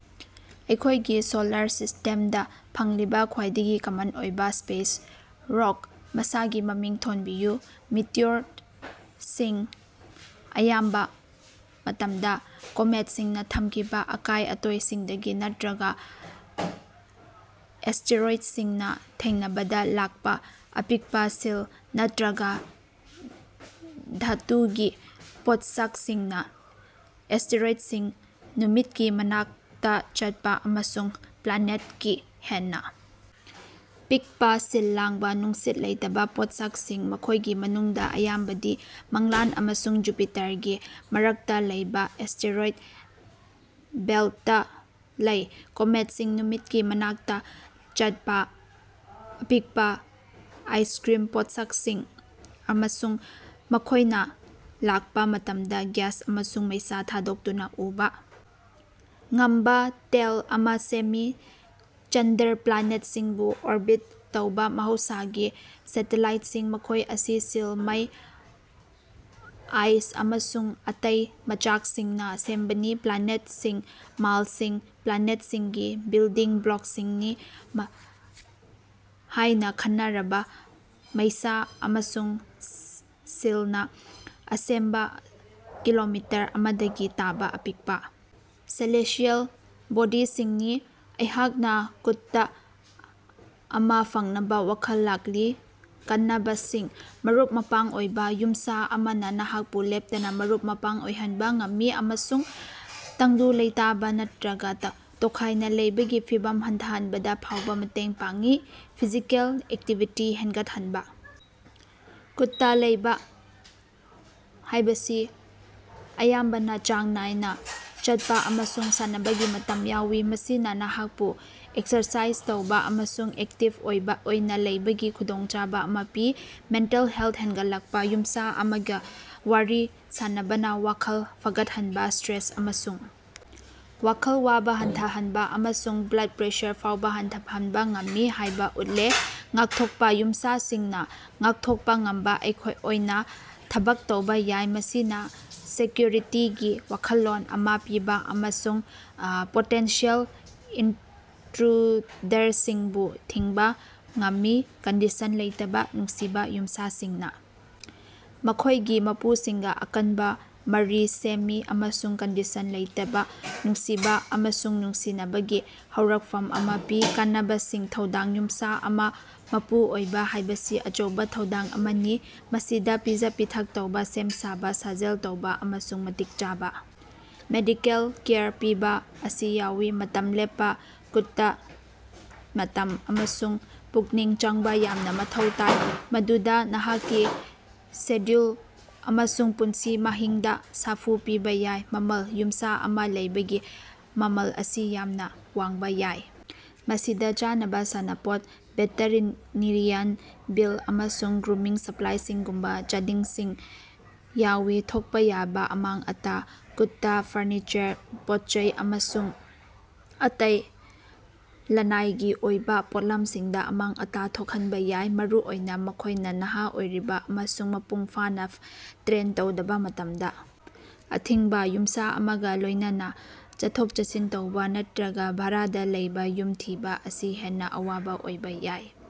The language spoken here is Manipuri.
ꯑꯩꯈꯣꯏꯒꯤ ꯁꯣꯂꯥꯔ ꯁꯤꯁ꯭ꯇꯦꯝꯗ ꯐꯪꯂꯤꯕ ꯈ꯭ꯋꯥꯏꯗꯒꯤ ꯀꯃꯟ ꯑꯣꯏꯕ ꯁ꯭ꯄꯦꯁ ꯔꯣꯛ ꯃꯁꯥꯒꯤ ꯃꯃꯤꯡ ꯊꯣꯟꯕꯤꯌꯨ꯫ ꯃꯤꯇꯤꯑꯣꯔꯗꯁꯤꯡ ꯑꯌꯥꯝꯕ ꯃꯇꯝꯗ ꯀꯣꯃꯦꯠꯁꯤꯡꯅ ꯊꯝꯈꯤꯕ ꯑꯀꯥꯏ-ꯑꯇꯣꯏꯁꯤꯡꯗꯒꯤ ꯅꯠꯇ꯭ꯔꯒ ꯑꯦꯁ꯭ꯇꯦꯔꯣꯏꯗꯁꯤꯡꯅ ꯊꯦꯡꯅꯕꯗꯒꯤ ꯂꯥꯛꯄ ꯑꯄꯤꯛꯄ ꯁꯤꯜ ꯅꯠꯇ꯭ꯔꯒ ꯙꯥꯇꯨꯒꯤ ꯄꯣꯠꯁꯛꯁꯤꯡꯅ꯫ ꯑꯦꯁ꯭ꯇꯦꯔꯣꯏꯗꯁꯤꯡ ꯅꯨꯃꯤꯠꯀꯤ ꯃꯅꯥꯛꯇꯆꯠꯄ ꯑꯃꯁꯨꯡ ꯄ꯭ꯂꯥꯅꯦꯠꯀꯤ ꯍꯦꯟꯅ ꯄꯤꯛꯄ ꯁꯤꯜ ꯂꯥꯡꯕꯥ, ꯅꯨꯡꯁꯤꯠ ꯂꯩꯇꯕ ꯄꯣꯠꯁꯛꯁꯤꯡ, ꯃꯈꯣꯏꯒꯤ ꯃꯅꯨꯡꯗ ꯑꯌꯥꯝꯕꯗꯤ ꯃꯪꯂꯥꯟ ꯑꯃꯁꯨꯡ ꯖꯨꯄꯤꯇꯔꯒꯤ ꯃꯔꯛꯇ ꯂꯩꯕ ꯑꯦꯁ꯭ꯇꯦꯔꯣꯏꯗ ꯕꯦꯜꯇ ꯂꯩ꯫ ꯀꯣꯃꯦꯠꯁꯤꯡ ꯅꯨꯃꯤꯠꯀꯤ ꯃꯅꯥꯛꯇ ꯆꯠꯄ ꯑꯄꯤꯛꯄ ꯑꯥꯏꯁꯀ꯭ꯔꯤꯝ ꯄꯣꯠꯁꯛꯁꯤꯡ ꯑꯃꯁꯨꯡ ꯃꯈꯣꯏꯅ ꯂꯥꯛꯄ ꯃꯇꯝꯗ ꯒ꯭ꯌꯥꯁ ꯑꯃꯁꯨꯡ ꯃꯩꯁꯥ ꯊꯥꯗꯣꯛꯇꯨꯅ ꯎꯕ ꯉꯝꯕꯥ "ꯇꯦꯜ" ꯑꯃ ꯁꯦꯝꯃꯤ꯫ ꯆꯟꯗ꯭ꯔ ꯄ꯭ꯂꯥꯅꯦꯠꯁꯤꯡꯕꯨ ꯑꯣꯔꯕꯤꯠ ꯇꯧꯕ ꯃꯍꯧꯁꯥꯒꯤ ꯁꯦꯇꯦꯂꯥꯏꯠꯁꯤꯡ, ꯃꯈꯣꯏ ꯑꯁꯤ ꯁꯤꯜ, ꯃꯩ, ꯑꯥꯏꯁ ꯑꯃꯁꯨꯡ ꯑꯇꯩ ꯃꯆꯥꯛꯁꯤꯡꯅ ꯁꯦꯝꯕꯅꯤ꯫ ꯄ꯭ꯂꯥꯅꯦꯠꯁꯤꯃꯥꯜꯁꯤꯡ ꯄ꯭ꯂꯥꯅꯦꯠꯁꯤꯡꯒꯤ ꯕꯤꯜꯗꯤꯡ ꯕ꯭ꯂꯣꯛꯁꯤꯡꯅꯤ ꯍꯥꯏꯅ ꯈꯟꯅꯔꯕ ꯃꯩꯁꯥ ꯑꯃꯁꯨꯡ ꯁꯤꯜꯅ ꯁꯦꯝꯕ ꯀꯤꯂꯣꯃꯤꯇꯔ ꯑꯃꯗꯒꯤ ꯇꯥꯕꯥ ꯑꯄꯤꯛꯄꯥ ꯁꯦꯂꯦꯁꯁꯤꯑꯦꯜ ꯕꯣꯗꯤꯁꯤꯡꯅꯤ꯫ ꯑꯩꯍꯥꯛꯅ ꯀꯨꯠꯇꯥ ꯑꯃ ꯐꯪꯅꯕ ꯋꯥꯈꯜ ꯂꯥꯛꯂꯤ꯫ ꯀꯥꯟꯅꯕꯁꯤꯡ: ꯃꯔꯨꯞ-ꯃꯄꯥꯡ ꯑꯣꯏꯕ: ꯌꯨꯝꯁꯥ ꯑꯃꯅ ꯅꯍꯥꯛꯄꯨ ꯂꯦꯞꯇꯅ ꯃꯔꯨꯞ-ꯃꯄꯥꯡ ꯑꯣꯏꯍꯟꯕ ꯉꯝꯃꯤ ꯑꯃꯁꯨꯡ ꯇꯪꯗꯨ ꯂꯩꯇꯥꯕꯥ ꯅꯠꯇ꯭ꯔꯒ ꯇꯣꯈꯥꯏꯅ ꯂꯩꯕꯒꯤ ꯐꯤꯚꯝ ꯍꯟꯊꯍꯟꯕꯗ ꯐꯥꯎꯕ ꯃꯇꯦꯡ ꯄꯥꯡꯏ꯫ ꯐꯤꯖꯤꯀꯦꯜ ꯑꯦꯛꯇꯤꯚꯤꯇꯤ ꯍꯦꯟꯒꯠꯍꯟꯕ: ꯀꯨꯠꯇꯥ ꯂꯩꯕ ꯍꯥꯏꯕꯁꯤ ꯑꯌꯥꯝꯕꯅ ꯆꯥꯡ ꯅꯥꯏꯅ ꯆꯠꯄ ꯑꯃꯁꯨꯡ ꯁꯥꯟꯅꯕꯒꯤ ꯃꯇꯝ ꯌꯥꯎꯏ꯫ ꯃꯁꯤꯅ ꯅꯍꯥꯛꯄꯨ ꯑꯦꯛꯁꯔꯁꯥꯏꯖ ꯇꯧꯕ ꯑꯃꯁꯨꯡ ꯑꯦꯛꯇꯤꯕ ꯑꯣꯏꯅ ꯂꯩꯕꯒꯤ ꯈꯨꯗꯣꯡꯆꯥꯕ ꯑꯃ ꯄꯤ꯫ ꯃꯦꯟꯇꯦꯜ ꯍꯦꯜꯊ ꯍꯦꯟꯒꯠꯂꯛꯄ: ꯌꯨꯝꯁꯥ ꯑꯃꯒ ꯋꯥꯔꯤ ꯁꯥꯅꯕꯅ ꯋꯥꯈꯜ ꯐꯒꯠꯍꯟꯕ, ꯁ꯭ꯇꯔꯦꯁ ꯑꯃꯁꯨꯡ ꯋꯥꯈꯜ ꯋꯥꯕ ꯍꯟꯊꯍꯟꯕ, ꯑꯃꯁꯨꯡ ꯕ꯭ꯂꯗ ꯄ꯭ꯔꯦꯁꯔ ꯐꯥꯎꯕ ꯍꯟꯊꯍꯟꯕ ꯉꯝꯃꯤ ꯍꯥꯏꯕ ꯎꯠꯂꯦ꯫ ꯉꯥꯛꯊꯣꯛꯄ: ꯌꯨꯝꯁꯥꯁꯤꯡꯅ ꯉꯥꯛꯊꯣꯛꯄ ꯉꯝꯕ ꯑꯣꯏꯅ ꯊꯕꯛ ꯇꯧꯕ ꯌꯥꯏ꯫ ꯃꯁꯤꯅ ꯁꯦꯀ꯭ꯌꯨꯔꯤꯇꯤꯒꯤ ꯋꯥꯈꯜꯂꯣꯟ ꯑꯃ ꯄꯤꯕ ꯑꯃꯁꯨꯡ ꯄꯣꯇꯦꯟꯁꯤꯑꯦꯜ ꯏꯟꯇ꯭ꯔꯨꯗꯔꯁꯤꯡꯕꯨ ꯊꯤꯡꯕ ꯉꯝꯃꯤ꯫ ꯀꯟꯗꯤꯁꯟ ꯂꯩꯇꯕ ꯅꯨꯡꯁꯤꯕ: ꯌꯨꯝꯁꯥꯁꯤꯡꯅ ꯃꯈꯣꯏꯒꯤ ꯃꯄꯨꯁꯤꯡꯒ ꯑꯀꯟꯕ ꯃꯔꯤ ꯁꯦꯝꯃꯤ ꯑꯃꯁꯨꯡ ꯀꯟꯗꯤꯁꯟ ꯂꯩꯇꯕ ꯅꯨꯡꯁꯤꯕ ꯑꯃꯁꯨꯡ ꯅꯨꯡꯁꯤꯅꯕꯒꯤ ꯍꯧꯔꯛꯐꯝ ꯑꯃ ꯄꯤ꯫ ꯀꯥꯟꯅꯕꯁꯤꯡ: ꯊꯧꯗꯥꯡ: ꯌꯨꯝꯁꯥ ꯑꯃ ꯃꯄꯨ ꯑꯣꯏꯕ ꯍꯥꯏꯕꯁꯤ ꯑꯆꯧꯕ ꯊꯧꯗꯥꯡ ꯑꯃꯅꯤ꯫ ꯃꯁꯤꯗ ꯄꯤꯖ-ꯄꯤꯊꯛ ꯇꯧꯕ ꯁꯦꯝ-ꯁꯥꯕ ꯁꯥꯖꯦꯜ ꯇꯧꯕ ꯑꯃꯁꯨꯡ ꯃꯇꯤꯛ ꯆꯥꯕ ꯃꯦꯗꯤꯀꯦꯜ ꯀꯦꯌꯔ ꯄꯤꯕ ꯑꯁꯤ ꯌꯥꯎꯏ꯫ ꯃꯇꯝ ꯂꯦꯞꯄ: ꯀꯨꯠꯇ ꯃꯇꯝ ꯑꯃꯁꯨꯡ ꯄꯨꯛꯅꯤꯡ ꯆꯪꯕ ꯌꯥꯝꯅ ꯃꯊꯧ ꯇꯥꯏ꯫ ꯃꯗꯨꯗ ꯅꯍꯥꯛꯀꯤ ꯁꯦꯗ꯭ꯌꯨꯜ ꯑꯃꯁꯨꯡ ꯄꯨꯟꯁꯤ ꯃꯍꯤꯡꯗ ꯁꯥꯐꯨ ꯄꯤꯕ ꯌꯥꯏ꯫ ꯃꯃꯜ: ꯌꯨꯝꯁꯥ ꯑꯃ ꯂꯩꯕꯒꯤ ꯃꯃꯜ ꯑꯁꯤ ꯌꯥꯝꯅ ꯋꯥꯡꯕ ꯌꯥꯏ꯫ ꯃꯁꯤꯗ ꯆꯥꯅꯕ, ꯁꯥꯟꯅꯄꯣꯠ, ꯚꯦꯇꯔꯤꯟꯅꯤꯔꯤꯌꯥꯟ ꯕꯤꯜ, ꯑꯃꯁꯨꯡ ꯒ꯭ꯔꯨꯃꯤꯡ ꯁꯄ꯭ꯂꯥꯏꯁꯤꯡꯒꯨꯝꯕ ꯆꯥꯗꯤꯡꯁꯤꯡ ꯌꯥꯎꯏ꯫ ꯊꯣꯛꯄ ꯌꯥꯕ ꯑꯃꯥꯡ-ꯑꯇꯥ: ꯀꯨꯠꯇꯥ ꯐꯔꯅꯤꯆꯔ, ꯄꯣꯠ-ꯆꯩ ꯑꯃꯁꯨꯡ ꯑꯇꯩ ꯂꯅꯥꯏꯒꯤ ꯑꯣꯏꯕ ꯄꯣꯠꯂꯝꯁꯤꯡꯗ ꯑꯃꯥꯡ-ꯑꯇꯥ ꯊꯣꯛꯍꯟꯕ ꯌꯥꯏ꯫ ꯃꯔꯨꯑꯣꯏꯅ ꯃꯈꯣꯏꯅ ꯅꯍꯥ ꯑꯣꯏꯔꯤꯕ ꯑꯃꯁꯨꯡ ꯃꯄꯨꯡꯐꯥꯅ ꯇ꯭ꯔꯦꯟ ꯇꯧꯗꯕ ꯃꯇꯝꯗ꯫ ꯑꯊꯤꯡꯕ: ꯌꯨꯝꯁꯥ ꯑꯃꯒ ꯂꯣꯏꯅꯅ ꯆꯠꯊꯣꯛ-ꯆꯠꯁꯤꯟ ꯇꯧꯕ ꯅꯠꯇ꯭ꯔꯒ ꯚꯥꯔꯥꯗ ꯂꯩꯕ ꯌꯨꯝ ꯊꯤꯕ ꯑꯁꯤ ꯍꯦꯟꯅ ꯑꯋꯥꯕ ꯑꯣꯏꯕ ꯌꯥꯏ꯫